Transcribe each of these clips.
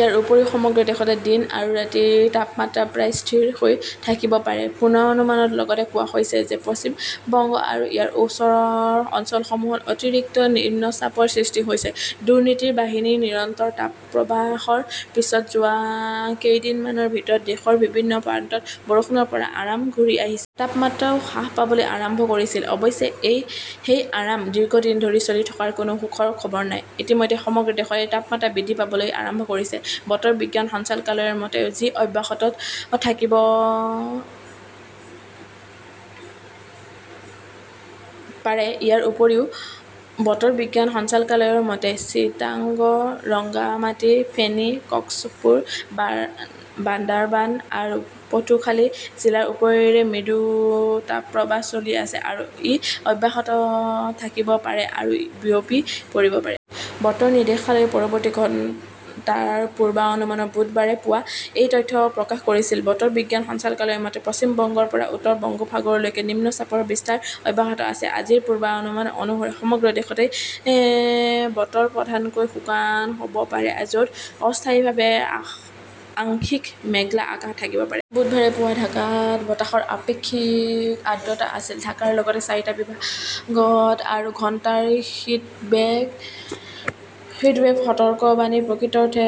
ইয়াৰ উপৰিও সমগ্ৰ দেশতে দিন আৰু ৰাতিৰ তাপমাত্ৰা প্ৰায় স্থিৰ হৈ থাকিব পাৰে। পূণৰ অনুমানৰ লগতে কোৱা হৈছে যে, পশ্চিম বংগ আৰু ইয়াৰ ওচৰৰ অঞ্চলসমূহত অতিৰিক্ত নিম্নচাপৰ সৃষ্টি হৈছে। দুৰ্নীতিৰ বাহিনী নিৰন্তৰ তাপপ্ৰৱাহৰ পিছত যোৱা কেইদিনমানৰ ভিতৰত দেশৰ বিভিন্ন প্ৰান্তত বৰষুণৰ পৰা আৰাম ঘূৰি আহিছে। তাপমাত্ৰাও হ্ৰাস পাবলৈ আৰম্ভ কৰিছিল। অৱশ্যে, সেই আৰাম দীৰ্ঘদিন ধৰি চলি থকাৰ কোনো সুখৰ খবৰ নাই। ইতিমধ্যে সমগ্ৰ দেশতে তাপমাত্ৰা বৃদ্ধি পাবলৈ আৰম্ভ কৰিছে। বতৰ বিজ্ঞান সঞ্চালকালয়ৰ মতে, যি অব্যাহত থাকিব পাৰে। ইয়াৰ উপৰিও, বতৰ বিজ্ঞান সঞ্চালকালয়ৰ মতে, চিটাগ, ৰংগামাটী, ফেনী, কক্সপুৰ, বান্দাৰবান আৰু পটুখালি জিলাৰ ওপৰেৰে মৃদু তাপপ্ৰৱাহ চলি আছে আৰু ই অব্যাহত থাকিব পাৰে আৰু বিয়পি পৰিব পাৰে। বতৰ নিৰ্দেশালয়ে পৰৱৰ্তী ঘণ্টাৰ পূৰ্বাঅনুমানত বুধবাৰে পুৱা এই তথ্য প্ৰকাশ কৰিছিল। বতৰ বিজ্ঞান সঞ্চালকালয়ৰ মতে, পশ্চিম বংগৰ পৰা উত্তৰ বংগোপসাগৰলৈকে নিম্নচাপৰ বিস্তাৰ অব্যাহত আছে। আজিৰ পূৰ্বানুমান অনুসৰি সমগ্ৰ দেশতে বতৰ প্ৰধানকৈ শুকান হ'ব পাৰে, য" ত অস্থায়ীভাৱে আংশিক মেঘলা আকাশ থাকিব পাৰে। বুধবাৰে পুৱা ঢাকাত বতাহৰ আপেক্ষিক আৰ্দ্ৰতা আছিল। ঢাকাৰ লগতে চাৰিটা বিভাগত আৰু ঘণ্টাৰ হিটৱেভ সতৰ্কবাণী প্ৰকৃততে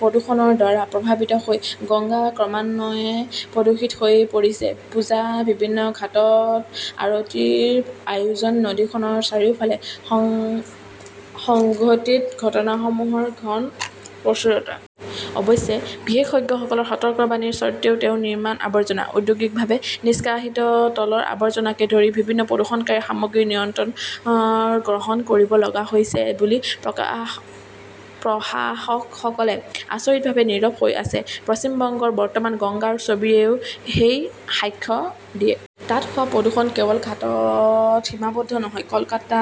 প্ৰদূষণৰ দ্বাৰা প্ৰভাৱিত হৈ গংগা ক্ৰমান্বয়ে প্ৰদূষিত হৈ পৰিছে। পূজা, বিভিন্ন ঘাটত আৰতিৰ আয়োজন ,নদীখনৰ চাৰিওফালে সংঘটিত ঘটনাসমূহৰ ঘন প্ৰচুৰতা। অৱশ্যে, বিশেষজ্ঞসকলৰ সতৰ্কবাণীৰ স্বত্বেও তেওঁ নিৰ্মাণ আৱৰ্জনা, ঔদ্যোগিকভাৱে নিষ্কাশিত তলৰ আৱৰ্জনাকে ধৰি বিভিন্ন প্ৰদূষণকাৰী সামগ্ৰী নিৰন্তৰ গ্ৰহণ কৰিব লগা হৈছে বুলি প্ৰশাসকসকলে আচৰিতভাৱে নীৰৱ হৈ আছে। পশ্চিম বংগৰ বৰ্তমানৰ গংগাৰ ছবিয়েও সেই সাক্ষ্য দিয়ে। তাত হোৱা প্ৰদূষণ কেৱল ঘাটত সীমাবদ্ধ নহয়, কলকাতা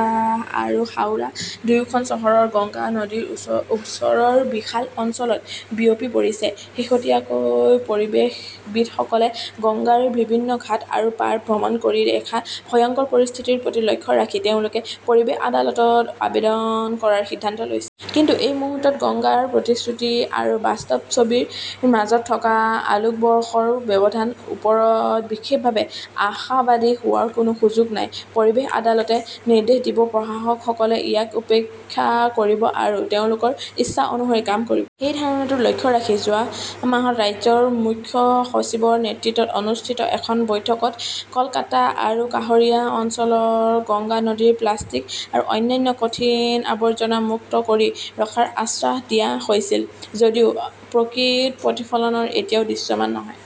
আৰু হাওৰা দুয়োখন চহৰৰ গংগা নদীৰ ওচৰৰ বিশাল অঞ্চলত বিয়পি পৰিছে। শেহতীয়াকৈ পৰিৱেশবিদসকলে গংগাৰ বিভিন্ন ঘাট আৰু পাৰ ভ্ৰমণ কৰি দেখা ভয়ংকৰ পৰিস্থিতিৰ প্ৰতি লক্ষ্য ৰাখি তেওঁলোকে পৰিৱেশ আদালতত আবেদন কৰাৰ সিদ্ধান্ত লৈছে। কিন্তু এই মুহূৰ্তত গংগাৰ প্ৰতিশ্ৰুতি আৰু বাস্তৱ ছবিৰ মাজত থকা আলোকবৰ্ষৰ ব্যৱধানৰ ওপৰত বিশেষভাৱে আশাবাদী হোৱাৰ কোনো সুযোগ নাই। পৰিৱেশ আদালতে নিৰ্দেশ দিব, প্ৰশাসকসকলে ইয়াক উপেক্ষা কৰিব আৰু তেওঁলোকৰ ইচ্ছা অনুসৰি কাম কৰিব। সেই ধাৰাটো লক্ষ্যত ৰাখি যোৱা মাহত ৰাজ্যৰ মুখ্য সচিবৰ নেতৃত্বত অনুষ্ঠিত এখন বৈঠকত কলকাতা আৰু কাষৰীয়া অঞ্চলৰ গংগা নদীৰ প্লাষ্টিক আৰু অন্যান্য কঠিন আৱৰ্জনা মুক্ত কৰি ৰখাৰ আশ্বাস দিয়া হৈছিল, যদিও প্ৰকৃত প্ৰতিফলন এতিয়াও দৃশ্যমান নহয়